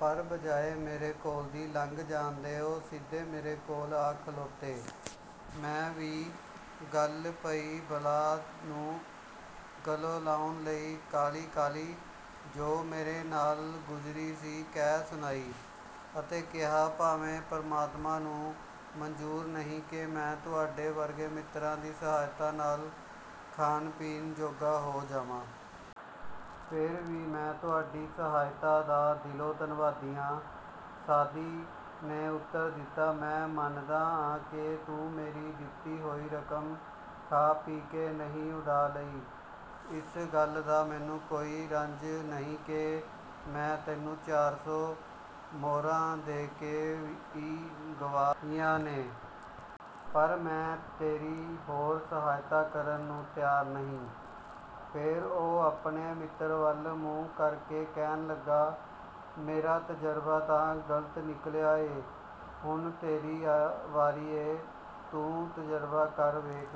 ਪਰ ਬਜਾਏ ਮੇਰੇ ਕੋਲ ਦੀ ਲੰਘ ਜਾਣ ਦੇ ਉਹ ਸਿੱਧੇ ਮੇਰੇ ਕੋਲ ਆ ਖੜੋਤੇ। ਮੈਂ ਵੀ ਗਲ ਪਈ ਬਲਾ ਨੂੰ ਗਲੋਂ ਲਾਹੁਣ ਲਈ ਕਾਹਲੀ ਕਾਹਲੀ ਜੋ ਮੇਰੇ ਨਾਲ ਗੁਜ਼ਰੀ ਸੀ ਕਹਿ ਸੁਣਾਈ ਅਤੇ ਕਿਹਾ, "ਭਾਵੇਂ ਪਰਮਾਤਮਾ ਨੂੰ ਮਨਜ਼ੂਰ ਨਹੀਂ ਕਿ ਮੈਂ ਤੁਹਾਡੇ ਵਰਗੇ ਮਿੱਤਰਾਂ ਦੀ ਸਹਾਇਤਾ ਨਾਲ ਖਾਣ ਪੀਣ ਜੋਗਾ ਹੋ ਜਾਵਾਂ। ਫੇਰ ਵੀ ਮੈਂ ਤੁਹਾਡੀ ਸਹਾਇਤਾ ਦਾ ਦਿਲੋਂ ਧੰਨਵਾਦੀ ਆਂ। " ਸਾਅਦੀ ਨੇ ਉੱਤਰ ਦਿੱਤਾ, "ਮੈਂ ਮੰਨਦਾ ਆਂ ਕਿ ਤੂੰ ਮੇਰੀ ਦਿੱਤੀ ਹੋਈ ਰਕਮ ਖਾ ਪੀ ਕੇ ਨਹੀਂ ਉਡਾ ਲਈ। ਇਸ ਗੱਲ ਦਾ ਮੈਨੂੰ ਕੋਈ ਰੰਜ ਨਹੀਂ ਕਿ ਮੈਂ ਤੈਨੂੰ ਚਾਰ ਸੌ ਮੁਹਰਾਂ ਦੇ ਕੇ ਈ ਗਵਾਈਆਂ ਨੇ। ਪਰ ਮੈਂ ਤੇਰੀ ਹੋਰ ਸਹਾਇਤਾ ਕਰਨ ਨੂੰ ਤਿਆਰ ਨਹੀਂ। " ਫੇਰ ਉਹ ਆਪਣੇ ਮਿੱਤਰ ਵਲ ਮੂੰਹ ਕਰ ਕੇ ਕਹਿਣ ਲਗਾ, "ਮੇਰਾ ਤਜ਼ਰਬਾ ਤਾਂ ਗ਼ਲਤ ਨਿਕਲਿਆ ਏ। ਹੁਣ ਤੇਰੀ ਵਾਰੀ ਏ! ਤੂੰ ਤਜਰਬਾ ਕਰ ਵੇਖ!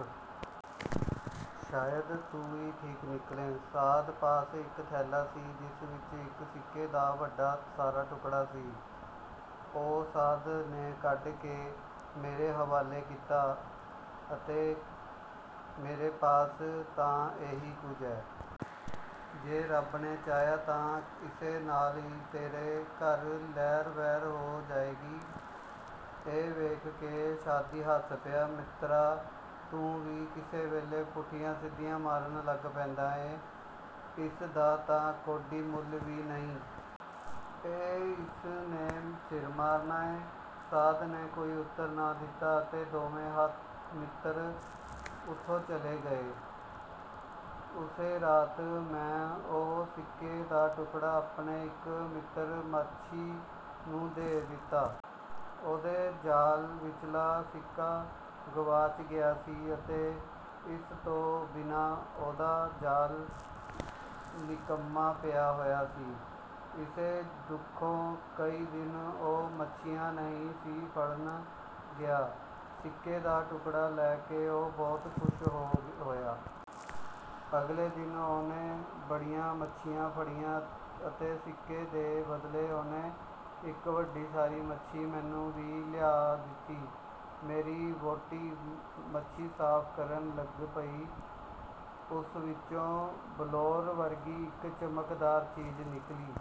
ਸ਼ਾਇਦ ਤੂੰ ਈ ਠੀਕ ਨਿਕਲੇਂ। " ਸਾਅਦ ਪਾਸ ਇਕ ਥੈਲਾ ਸੀ ਜਿਸ ਵਿਚ ਇਕ ਸਿੱਕੇ ਦਾ ਵੱਡਾ ਸਾਰਾ ਟੁਕੜਾ ਸੀ। ਉਹ ਸਾਅਦ ਨੇ ਕੱਢ ਕੇ ਮੇਰੇ ਹਵਾਲੇ ਕੀਤਾ ਅਤੇ ਕਿਹਾ, "ਮੇਰੇ ਪਾਸ ਤਾਂ ਏਹੀ ਕੁਝ ਏ। ਜੇ ਰੱਬ ਨੇ ਚਾਹਿਆ ਤਾਂ ਇਸੇ ਨਾਲ ਈ ਤੇਰੇ ਘਰ ਲਹਿਰ ਬਹਿਰ ਹੋ ਜਾਏਗੀ। " ਇਹ ਵੇਖ ਕੇ ਸਾਅਦੀ ਹੱਸ ਪਿਆ, "ਮਿੱਤਰਾ! ਤੂੰ ਵੀ ਕਿਸੇ ਵੇਲੇ ਪੁੱਠੀਆਂ ਸਿੱਧੀਆਂ ਮਾਰਨ ਲੱਗ ਪੈਂਦਾ ਏਂ। ਇਸ ਦਾ ਤਾਂ ਕੌਡੀ ਮੁਲ ਵੀ ਨਹੀਂ। ਇਹ ਇਸ ਨੇ ਸਿਰ ਮਾਰਨਾਂ ਏ? " ਸਾਅਦ ਨੋ ਕੋਈ ਉੱਤਰ ਨਾ ਦਿਤਾ ਅਤੇ ਦੋਵੇਂ ਮਿੱਤਰ ਉਥੋਂ ਚਲੇ ਗਏ। ਉਸੇ ਰਾਤ ਮੈਂ ਉਹ ਸਿੱਕੇ ਦਾ ਟੁਕੜਾ ਆਪਣੇ ਇਕ ਮਿੱਤਰ ਮਾਛੀ ਨੂੰ ਦੇ ਦਿੱਤਾ। ਉਹਦੇ ਜਾਲ ਵਿਚਲਾ ਸਿੱਕਾ ਗਵਾਚ ਗਿਆ ਸੀ ਅਤੇ ਇਸ ਤੋਂ ਬਿਨਾਂ ਉਹਦਾ ਜਾਲ, ਨਿਕੰਮਾ ਪਿਆ ਹੋਇਆ ਸੀ। ਇਸੇ ਦੁਖੋਂ ਕਈ ਦਿਨ ਉਹ ਮੱਛੀਆਂ ਨਹੀਂ ਸੀ ਫੜਨ ਗਿਆ। ਸਿੱਕੇ ਦਾ ਟੁਕੜਾ ਲੈ ਕੇ ਉਹ ਬਹੁਤ ਖ਼ੁਸ਼ ਹੋਇਆ। ਅਗਲੇ ਦਿਨ ਉਹਨੇ ਬੜੀਆਂ ਮੱਛੀਆਂ ਫੜੀਆਂ ਅਤੇ ਸਿੱਕੇ ਦੇ ਬਦਲੇ ਉਹਨੇ ਇਕ ਵੱਡੀ ਸਾਰੀ ਮੱਛੀ ਮੈਨੂੰ ਵੀ ਲਿਆ ਦਿਤੀ। ਮੇਰੀ ਵਹੁਟੀ ਮੱਛੀ ਸਾਫ਼ ਕਰਨ ਲਗ ਪਈ। ਉਸ ਵਿਚੋਂ ਬਲੌਰ ਵਰਗੀ ਇਕ ਚਮਕਦਾਰ ਚੀਜ਼ ਨਿਕਲੀ।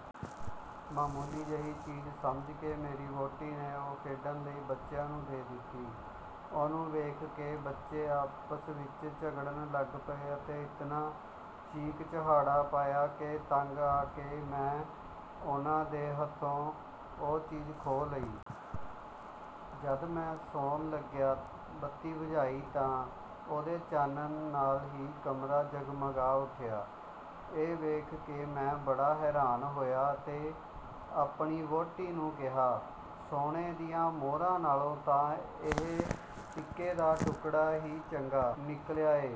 ਮਾਮੂਲੀ ਜਿਹੀ ਚੀਜ਼ ਸਮਝ ਕੇ ਮੇਰੀ ਵਹੁਟੀ ਨੇ ਉਹ ਖੇਡਣ ਲਈ ਬੱਚਿਆਂ ਨੂੰ ਦੇ ਦਿੱਤੀ। ਉਹਨੂੰ ਵੇਖ ਕੇ ਬੱਚੇ ਆਪਸ ਵਿਚ ਝਗੜਨ ਲੱਗ ਪਏ ਅਤੇ ਇਤਨਾ ਚੀਕ ਚਿਹਾੜਾ ਪਾਇਆ ਕਿ ਤੰਗ ਆ ਕੇ ਮੈਂ ਉਹਨਾਂ ਦੇ ਹੱਥੋਂ ਉਹ ਚੀਜ਼ ਖੋਹ ਲਈ। ਜਦ ਮੈਂ ਸੌਣ ਲਗਿਆਂ ਬੱਤੀ ਬੁਝਾਈ ਤਾਂ ਉਹਦੇ ਚਾਨਣ ਨਾਲ ਹੀ ਕਮਰਾ ਜਗਮਗਾ ਉਠਿਆ ਇਹ ਵੇਖ ਕੇ ਮੈਂ ਬੜਾ ਹੈਰਾਨ ਹੋਇਆ ਅਤੇ ਆਪਣੀ ਵਹੁਟੀ ਨੂੰ ਕਿਹਾ, "ਸੋਨੇ ਦੀਆਂ ਮੁਹਰਾਂ ਨਾਲੋਂ ਤਾਂ ਇਹ ਸਿੱਕੇ ਦਾ ਟੁਕੜਾ ਈ ਚੰਗਾ ਨਿਕਲਿਆ ਏ।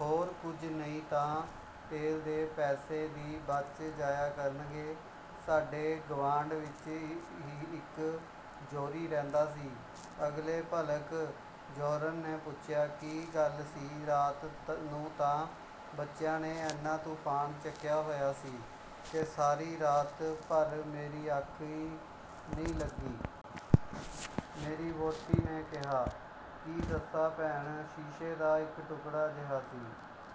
ਹੋਰ ਕੁਝ ਨਹੀਂ ਤਾਂ ਤੇਲ ਦੇ ਪੈਸੇ ਦੀ ਬੱਚ ਜਾਇਆ ਕਰਨਗੇ। " ਸਾਡੇ ਗਵਾਂਢ ਵਿਚ ਹੀ ਇਕ ਜੌਹਰੀ ਰਹਿੰਦਾ ਸੀ। ਅਗਲੇ ਭਲਕ ਜੌਹਰਣ ਨੇ ਪੁੱਛਿਆ, "ਕੀ ਗੱਲ ਸੀ, ਰਾਤ ਨੂੰ ਤਾਂ ਬੱਚਿਆਂ ਨੇ ਐਨਾ ਤੁਫ਼ਾਨ ਚੁਕਿਆ ਹੋਇਆ ਸੀ ਕਿ ਸਾਰੀ ਰਾਤ ਭਰ ਮੇਰੀ ਅੱਖ ਈ ਨਹੀਂ ਲੱਗੀ। " ਮੇਰੀ ਵਹੁਟੀ ਨੇ ਕਿਹਾ, "ਕੀ ਦੱਸਾਂ, ਭੈਣ! ਸ਼ੀਸ਼ੇ ਦਾ ਇਕ ਟੁਕੜਾ ਜਿਹਾ ਸੀ।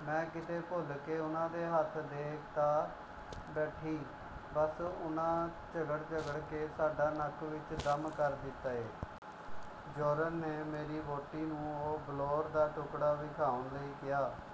ਮੈਂ ਕਿਤੇ ਭੁਲ ਕੇ ਉਹਨਾਂ ਦੇ ਹੱਥ ਦੇ ਤਾਂ ਬੈਠੀ, ਬੱਸ ਉਹਨਾਂ ਝਗੜ ਝਗੜ ਕੇ ਸਾਡਾ ਨੱਕ ਵਿਚ ਦੱਮ ਕਰ ਦਿੱਤਾ ਏ। " ਜੌਹਰਣ ਨੇ ਮੇਰੀ ਵਹੁਟੀ ਨੂੰ ਉਹ ਬਲੌਰ ਦਾ ਟੁਕੜਾ ਵਿਖਾਉਣ ਲਈ ਕਿਹਾ।